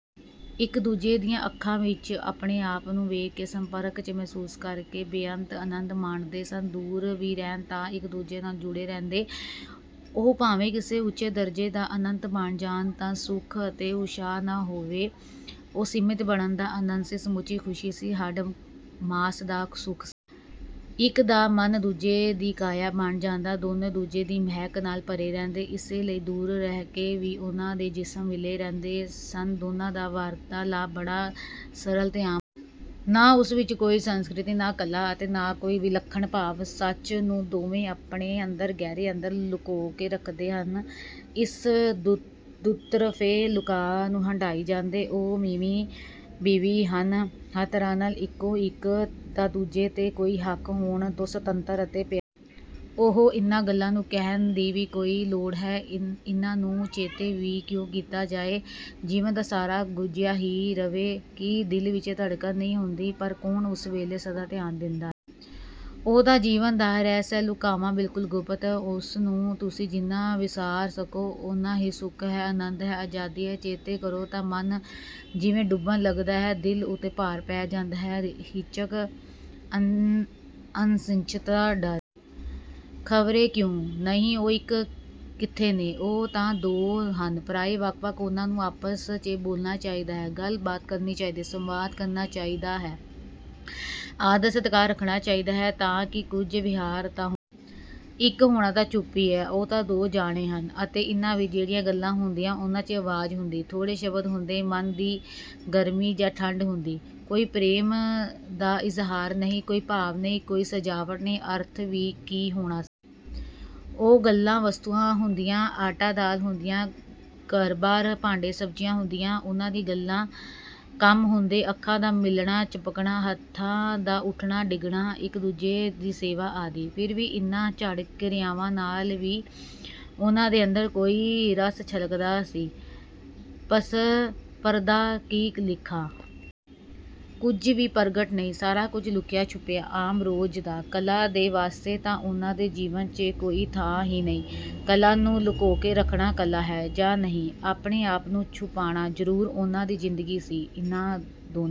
ਇੱਕ-ਦੂਜੇ ਦੀਆਂ ਅੱਖਾਂ ਵਿੱਚ ਆਪਣੇ-ਆਪ ਨੂੰ ਵੇਖ ਕੇ, ਸੰਪਰਕ 'ਚ ਮਹਿਸੂਸ ਕਰਕੇ ਬੇਅੰਤ ਅਨੰਦ ਮਾਣਦੇ ਸਨ। ਦੂਰ ਵੀ ਰਹਿਣ ਤਾਂ ਇੱਕ-ਦੂਜੇ ਨਾਲ ਜੁੜੇ ਰਹਿੰਦੇ। ਉਹ ਭਾਵੇਂ ਕਿਸੇ ਉੱਚੇ ਦਰਜੇ ਦਾ ਅਨੰਤ ਬਣ ਜਾਣ ਦਾ ਸੁੱਖ ਅਤੇ ਉਤਸ਼ਾਹ ਨਾ ਹੋਵੇ, ਉਹ ਸੀਮਿਤ ਬਣਨ ਦਾ ਅਨੰਦ ਸੀ, ਸਮੁਚੀ ਖੁਸ਼ੀ ਸੀ, ਹੱਡ-ਮਾਸ ਦਾ ਸੁੱਖ ਸੀ! ਇੱਕ ਦਾ ਮਨ ਦੂਜੇ ਦੀ ਕਾਇਆ ਬਣ ਜਾਂਦਾ, ਦੋਨੋ ਦੂਜੇ ਦੀ ਮਹਿਕ ਨਾਲ ਭਰੇ ਰਹਿੰਦੇ, ਇਸੇ ਲਈ ਦੂਰ ਰਹਿਕੇ ਵੀ ਉਨ੍ਹਾਂ ਦੇ ਜਿਸਮ ਮਿਲੇ ਰਹਿੰਦੇ ਸਨ। ਦੋਨਾਂ ਦਾ ਵਾਰਤਾਲਾਪ ਬੜਾ ਸਰਲ 'ਤੇ ਆਮ ਹੁੰਦਾ ਸੀ। ਨਾ ਉਸ ਵਿੱਚ ਕੋਈ ਸੰਸਕ੍ਰਿਤੀ, ਨਾ ਕਲਾ ਅਤੇ ਨਾ ਕੋਈ ਵਿਲੱਖਣ ਭਾਵ! ਸੱਚ ਨੂੰ ਦੋਵੇਂ ਆਪਣੇ ਅੰਦਰ, ਗਹਿਰੇ ਅੰਦਰ, ਲੁਕੋ ਕੇ ਰੱਖਦੇ ਹਨ ਅਤੇ ਇਸ ਦੁਤਰਫ਼ੇ ਲੁਕਾਅ ਨੂੰ ਹੰਢਾਈ ਜਾਂਦੇ। ਉਹ ਮੀਵੀਂ-ਬੀਵੀ ਹਨ, ਹਰ ਤਰ੍ਹਾਂ ਨਾਲ ਇੱਕੋ, ਇੱਕ ਦਾ ਦੂਜੇ 'ਤੇ ਕੋਈ ਹੱਕ ਹੋਣ ਤੋਂ ਸੁਤੰਤਰ, ਅਤੇ ਪਿਆਰ? ਓਹੋ! ਇਨਾ ਗੱਲਾਂ ਨੂੰ ਕਹਿਣ ਦੀ ਵੀ ਕੋਈ ਲੋੜ ਹੈ? ਇੰਨਾ ਨੂੰ ਚੇਤੇ ਵੀ ਕਿਓਂ ਕੀਤਾ ਜਾਏ? ਜੀਵਨ ਦਾ ਸਾਰਾ ਗੁਝਿਆ ਹੀ ਰਵੇ। ਕੀ ਦਿਲ ਵਿੱਚ ਧੜਕਣ ਨਹੀਂ ਹੁੰਦੀ? ਪਰ ਕੌਣ ਉਸ ਵੇਲੇ ਸਦਾ ਧਿਆਨ ਦਿੰਦਾ ਹੈ? ਉਹ ਤਾਂ ਜੀਵਨ ਦਾ ਰਹਿਸ ਹੈ; ਲੁਕਾਵਾਂ, ਬਿਲਕੁਲ ਗੁਪਤ। ਉਸਨੂੰ ਤੁਸੀ ਜਿੰਨਾ ਵਿਸਾਰ ਸਕੋ ਉਨ੍ਹਾਂ ਹੀ ਸੁੱਖ ਹੈ, ਅਨੰਦ ਹੈ, ਆਜ਼ਾਦੀ ਹੈ। ਚੇਤੇ ਕਰੋ ਤਾਂ ਮਨ ਜਿਵੇਂ ਡੁੱਬਣ ਲੱਗਦਾ ਹੈ, ਦਿਲ ਉੱਤੇ ਭਾਰ ਪੈ ਜਾਂਦਾ ਹੈ, ਹਿਚਕ, ਅਨਿਸ਼ਚਿਤਤਾ, ਡਰ... ਖਵਰੇ ਕਿਓਂ। ਨਹੀਂ, ਉਹ ਇੱਕ ਕਿੱਥੇ ਨੇ, ਉਹ ਤਾਂ ਦੋ ਹਨ, ਪਰਾਏ, ਵੱਖ-ਵੱਖ, ਉਨ੍ਹਾਂ ਨੂੰ ਆਪਸ 'ਚ ਬੋਲਣਾ ਚਾਹਿਦਾ ਹੈ, ਗੱਲ-ਬਾਤ ਕਰਨੀ ਚਾਹਿਦੀ ਹੈ, ਸੰਵਾਦ ਕਰਨਾ ਚਾਹਿਦਾ ਹੈ, ਆਦਰ-ਸਤਿਕਾਰ ਰੱਖਣਾ ਚਾਹਿਦਾ ਹੈ, ਤਾ ਕਿ ਕੁੱਝ ਵਿਹਾਰ ਤਾਂ ਹੋਵੇ। ਇੱਕ ਹੋਣਾ ਤਾਂ ਚੁੱਪੀ ਹੈ, ਉਹ ਤਾਂ ਦੋ ਜਾਣੇ ਹਨ ਅਤੇ ਇੰਨਾਂ ਵਿੱਚ ਜਿਹੜੀਆਂ ਗੱਲਾਂ ਹੁੰਦੀਆਂ, ਉਨ੍ਹਾਂ 'ਚ ਅਵਾਜ਼ ਹੁੰਦੀ, ਥੋੜੇ ਸ਼ਬਦ ਹੁੰਦੇ, ਮਨ ਦੀ ਗਰਮੀ ਜਾਂ ਠੰਡ ਹੁੰਦੀ। ਕੋਈ ਪ੍ਰੇਮ ਦਾ ਇਜ਼ਹਾਰ ਨਹੀਂ, ਕੋਈ ਭਾਵ ਨਹੀਂ, ਕੋਈ ਸਜਾਵਟ ਨਹੀਂ, ਅਰਥ ਵੀ ਕੀ ਹੋਣਾ ਸੀ? ਉਹ ਗੱਲਾਂ ਵਸਤੁਆਂ ਹੁੰਦੀਆਂ, ਆਟਾ-ਦਾਲ ਹੁੰਦੀਆਂ, ਘਰਬਾਰ, ਭਾਂਡੇ-ਸਬਜ਼ੀਆਂ ਹੁੰਦੀਆਂ। ਉਨ੍ਹਾਂ ਦੀਆਂ ਗੱਲਾਂ ਕੰਮ ਹੁੰਦੇ, ਅੱਖਾਂ ਦਾ ਮਿਲਣਾ, ਝਪਕਣਾ, ਹੱਥਾਂ ਦਾ ਉੱਠਣਾ-ਡਿੱਗਣਾ, ਇੱਕ-ਦੂਜੇ ਦੀ ਸੇਵਾ ਆਦਿ। ਫਿਰ ਵੀ, ਇੰਨਾ ਜੜ ਕਿਰਿਆਵਾਂ ਨਾਲ ਵੀ ਉਨ੍ਹਾਂ ਦੇ ਅੰਦਰ ਕੋਈ ਰਸ ਛਲਕਦਾ ਸੀ, ਪਸਪਰਦਾ ਕੀ ਲਿਖਾਂ? ਕੁੱਝ ਵੀ ਪਰਗਟ ਨਹੀਂ ਹੈ, ਸਾਰਾ ਕੁੱਝ ਲੁੱਕਿਆ-ਛੁੱਪਿਆ, ਆਮ, ਰੋਜ਼ ਦਾ। ਕਲਾ ਦੇ ਵਾਸਤੇ ਤਾਂ ਉਹਨਾਂ ਦੇ ਜੀਵਨ 'ਚ ਕੋਈ ਥ੍ਹਾਂ ਹੀ ਨਹੀਂ! ਕਲਾ ਨੂੰ ਲੁਕੋਕੇ ਰੱਖਣਾ ਕਲਾ ਹੈ ਜਾਂ ਨਹੀਂ, ਆਪਣੇ-ਆਪ ਨੂੰ ਛੁਪਾਣਾ ਜ਼ਰੂਰ ਉਨ੍ਹਾਂ ਦੀ ਜ਼ਿੰਦਗੀ ਸੀ। ਇੰਨਾ ਦੋਨਾਂ